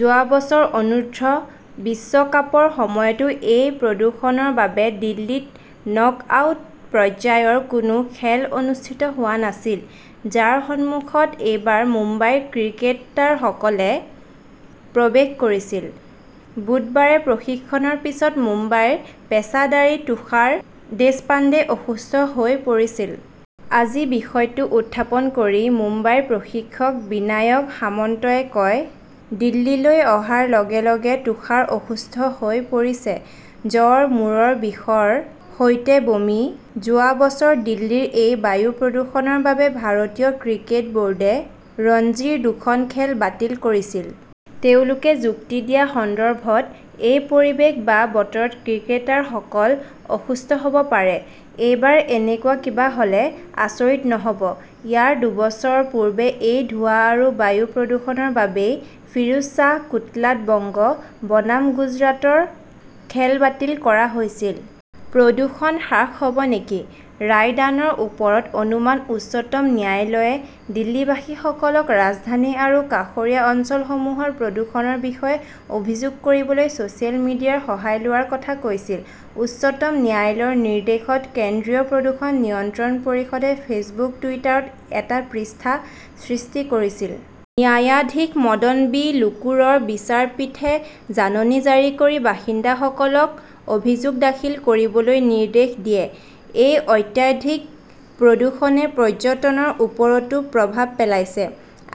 যোৱা বছৰ অনূৰ্ধ্ব- বিশ্বকাপৰ সময়তো এই প্ৰদূষণৰ বাবে দিল্লীত নক-আউট পৰ্যায়ৰ কোনো খেল অনুষ্ঠিত হোৱা নাছিল, যাৰ সন্মুখত এইবাৰ মুম্বাইৰ ক্ৰিকেটাৰসকলে প্ৰৱেশ কৰিছিল। বুধবাৰে প্ৰশিক্ষণৰ পিছত মুম্বাইৰ পেচাদাৰী তুষাৰ দেশপাণ্ডে অসুস্থ হৈ পৰিছিল। আজি বিষয়টো উত্থাপন কৰি মুম্বাইৰ প্ৰশিক্ষক বিনায়ক সামন্তই কয়, "দিল্লীলৈ অহাৰ লগে লগে তুষাৰ অসুস্থ হৈ পৰিছে। জ্বৰ, মূৰৰ বিষৰ সৈতে বমি। যোৱা বছৰ দিল্লীৰ এই বায়ু প্ৰদূষণৰ বাবে ভাৰতীয় ক্ৰিকেট বৰ্ডে ৰঞ্জীৰ দুখন খেল বাতিল কৰিছিল। তেওঁলোকে যুক্তি দিয়া সন্দৰ্ভত, এই পৰিৱেশ বা বতৰত ক্ৰিকেটাৰসকল অসুস্থ হব পাৰে। এইবাৰ এনেকুৱা কিবা হ'লে, আচৰিত নহব। ইয়াৰ দুবছৰ পূৰ্বে এই ধোঁৱা আৰু বায়ু প্ৰদূষণৰ বাবেই ফিৰোজ শ্বাহ কোটলাত বংগ বনাম গুজৰাটৰ খেল বাতিল কৰা হৈছিল। প্ৰদূষণ হ্ৰাস হব নেকি? ৰায়দানৰ ওপৰত অনুমান উচ্চতম ন্যায়ালয়ে দিল্লীবাসীসকলক ৰাজধানী আৰু কাষৰীয়া অঞ্চলসমূহৰ প্ৰদূষণৰ বিষয়ে অভিযোগ কৰিবলৈ ছচিয়েল মিডিয়াৰ সহায় লোৱাৰ কথা কৈছিল। উচ্চতম ন্যায়ালয়ৰ নিৰ্দেশত কেন্দ্ৰীয় প্ৰদূষণ নিয়ন্ত্ৰণ পৰিষদে ফেচবুক-টুইটাৰত এটা পৃষ্ঠা সৃষ্টি কৰিছিল। ন্যায়াধীশ মদন বি লোকুৰৰ বিচাৰপীঠে জাননী জাৰি কৰি বাসিন্দাসকলক অভিযোগ দাখিল কৰিবলৈ নিৰ্দেশ দিয়ে। এই অত্যাধিক প্ৰদূষণে পৰ্যটনৰ ওপৰতো প্ৰভাৱ পেলাইছে।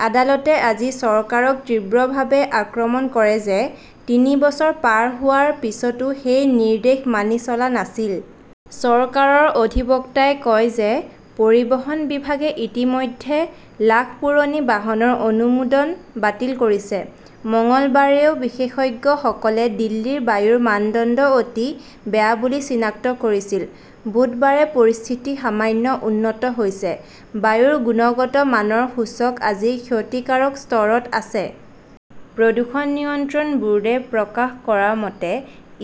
আদালতে আজি চৰকাৰক তীব্ৰভাৱে আক্ৰমণ কৰে যে, তিনি বছৰ পাৰ হোৱাৰ পিছতো সেই নিৰ্দেশ মানি চলা নাছিল। চৰকাৰৰ অধিবক্তাই কয় যে, পৰিবহণ বিভাগে ইতিমধ্যে লাখ পুৰণি বাহনৰ অনুমোদন বাতিল কৰিছে। মঙলবাৰেও বিশেষজ্ঞসকলে দিল্লীৰ বায়ুৰ মানদণ্ড অতি বেয়া বুলি চিনাক্ত কৰিছিল। বুধবাৰে পৰিস্থিতি সামান্য উন্নত হৈছে। বায়ুৰ গুণগত মানৰ সূচক আজি ক্ষতিকাৰক স্তৰত আছে। প্ৰদূষণ নিয়ন্ত্ৰণ বোৰ্ডে প্ৰকাশ কৰা মতে,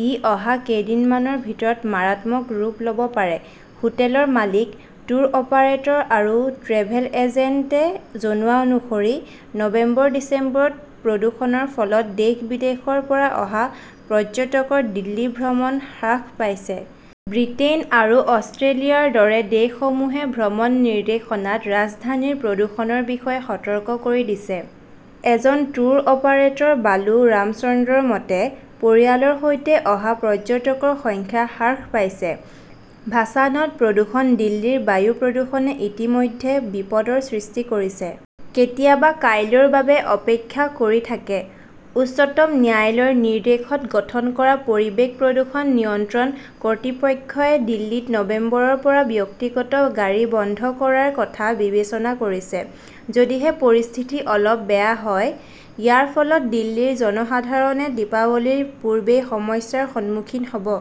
ই অহা কেইদিনমানৰ ভিতৰত "মাৰাত্মক" ৰূপ লব পাৰে। হোটেলৰ মালিক, ট্যুৰ অপাৰেটৰ আৰু ট্ৰেভেল এজেণ্টে জনোৱা অনুসৰি, নৱেম্বৰ-ডিচেম্বৰত প্ৰদূষণৰ ফলত দেশ-বিদেশৰ পৰা অহা পৰ্যটকৰ দিল্লী ভ্ৰমণ হ্ৰাস পাইছে। ব্ৰিটেইন আৰু অষ্ট্ৰেলিয়াৰ দৰে দেশসমূহে ভ্ৰমণ নিৰ্দেশনাত ৰাজধানীৰ প্ৰদূষণৰ বিষয়ে সতৰ্ক কৰি দিছে। এজন ট্যুৰ অপাৰেটৰ বালু ৰামচন্দ্ৰনৰ মতে, "পৰিয়ালৰ সৈতে অহা পৰ্যটকৰ সংখ্যা হ্ৰাস পাইছে"। ভাছানত প্ৰদূষণ দিল্লীৰ বায়ু প্ৰদূষণে ইতিমধ্যে বিপদৰ সৃষ্টি কৰিছে। কেতিয়াবা কাইলৈৰ বাবে অপেক্ষা কৰি থাকে। উচ্চতম ন্যায়ালয়ৰ নিৰ্দেশত গঠন কৰা "পৰিৱেশ প্ৰদূষণ নিয়ন্ত্ৰণ কৰ্তৃপক্ষই" দিল্লীত নৱেম্বৰৰ পৰা ব্যক্তিগত গাড়ী বন্ধ কৰাৰ কথা বিবেচনা কৰিছে, যদিহে পৰিস্থিতি অলপ বেয়া হয়। ইয়াৰ ফলত দিল্লীৰ জনসাধাৰণে দীপাৱলীৰ পূৰ্বেই সমস্যাৰ সন্মুখীন হব।